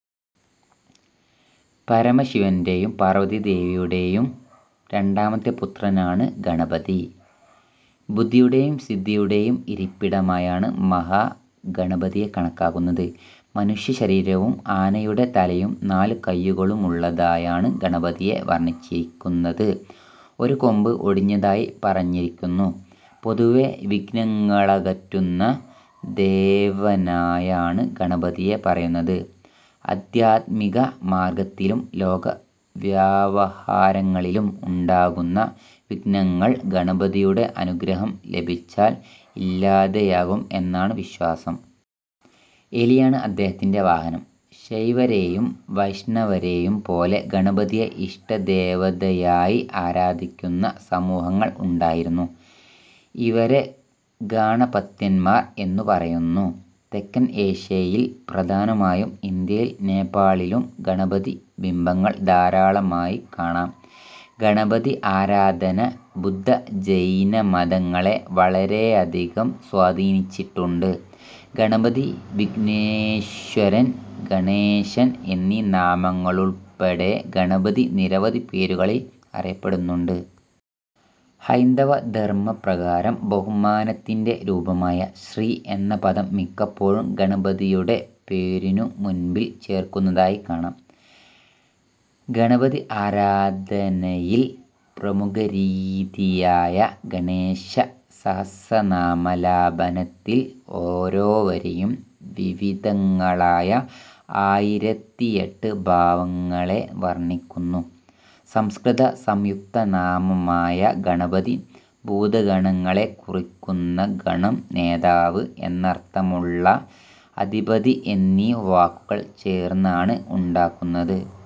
പരമശിവന്റേയും പാർവതിദേവിയുടേയും രണ്ടാമത്തെ പുത്രനാണ് ഗണപതി. ബുദ്ധിയുടെയും സിദ്ധിയുടേയും ഇരിപ്പിടമായാണ് മഹാ ഗണപതിയെ കണക്കാക്കുന്നത്. മനുഷ്യ ശരീരവും ആനയുടെ തലയും നാലു കയ്യുകളുമുള്ളതായാണ് ഗണപതിയെ വർണ്ണിച്ചിരിയ്ക്കുന്നത്. ഒരു കൊമ്പ് ഒടിഞ്ഞതായി പറഞ്ഞിരിയ്ക്കുന്നു. പൊതുവേ വിഘ്നങ്ങളകറ്റുന്ന ദേവനായാണ് ഗണപതിയെ പറയുന്നത്. അധ്യാത്മിക മാർഗ്ഗത്തിലും ലോക വ്യവഹാരങ്ങളിലും ഉണ്ടാകുന്ന വിഘ്നങ്ങൾ ഗണപതിയുടെ അനുഗ്രഹം ലഭിച്ചാൽ ഇല്ലാതെയാകും എന്നാണ് വിശ്വാസം. എലിയാണ് അദ്ദേഹത്തിന്റെ വാഹനം. ശൈവരേയും വൈഷ്ണവരേയും പോലെ ഗണപതിയെ ഇഷ്ടദേവതയായി ആരാധിയ്ക്കുന്ന സമൂഹങ്ങൾ ഉണ്ടായിരുന്നു. ഇവരെ ഗാണപത്യന്മാർ എന്നു പറയുന്നു. തെക്കൻ ഏഷ്യയിൽ, പ്രധാനമായും ഇന്ത്യയിലും നേപ്പാളിലും ഗണപതി ബിംബങ്ങൾ ധാരാളമായി കാണാം. ഗണപതി ആരാധന ബുദ്ധ-ജൈനമതങ്ങളെ വളരെയധികം സ്വാധീനിച്ചിട്ടുണ്ട്. ഗണപതി, വിഘ്നേശ്വരൻ, ഗണേശൻ എന്നീ നാമങ്ങളുൾപ്പെടെ ഗണപതി നിരവധി പേരുകളിൽ അറിയപ്പെടുന്നുണ്ട്. ഹൈന്ദവ ധർമ്മപ്രകാരം ബഹുമാനത്തിന്റെ രൂപമായ 'ശ്രീ' എന്ന പദം മിക്കപ്പോഴും ഗണപതിയുടെ പേരുനു മുൻപിൽ ചേർക്കുന്നതായി കാണാം. ഗണപതി ആരാധനയിൽ പ്രമുഖരീതിയായ 'ഗണേശ സഹസ്രനാമാലാപനത്തിൽ' ഓരോവരിയും, വിവിധങ്ങളായ ആയിരത്തിയെട്ട് ഭാവങ്ങളെ വർണ്ണിക്കുന്നു. സംസ്കൃത സംയുക്തനാമമായ ഗണപതി, ഭൂതഗണങ്ങളെ കുറിക്കുന്ന ഗണം നേതാവ് എന്നർത്ഥമുള്ള അധിപതി എന്നീ വാക്കുകൾ ചേർന്നാണ് ഉണ്ടാകുന്നത്.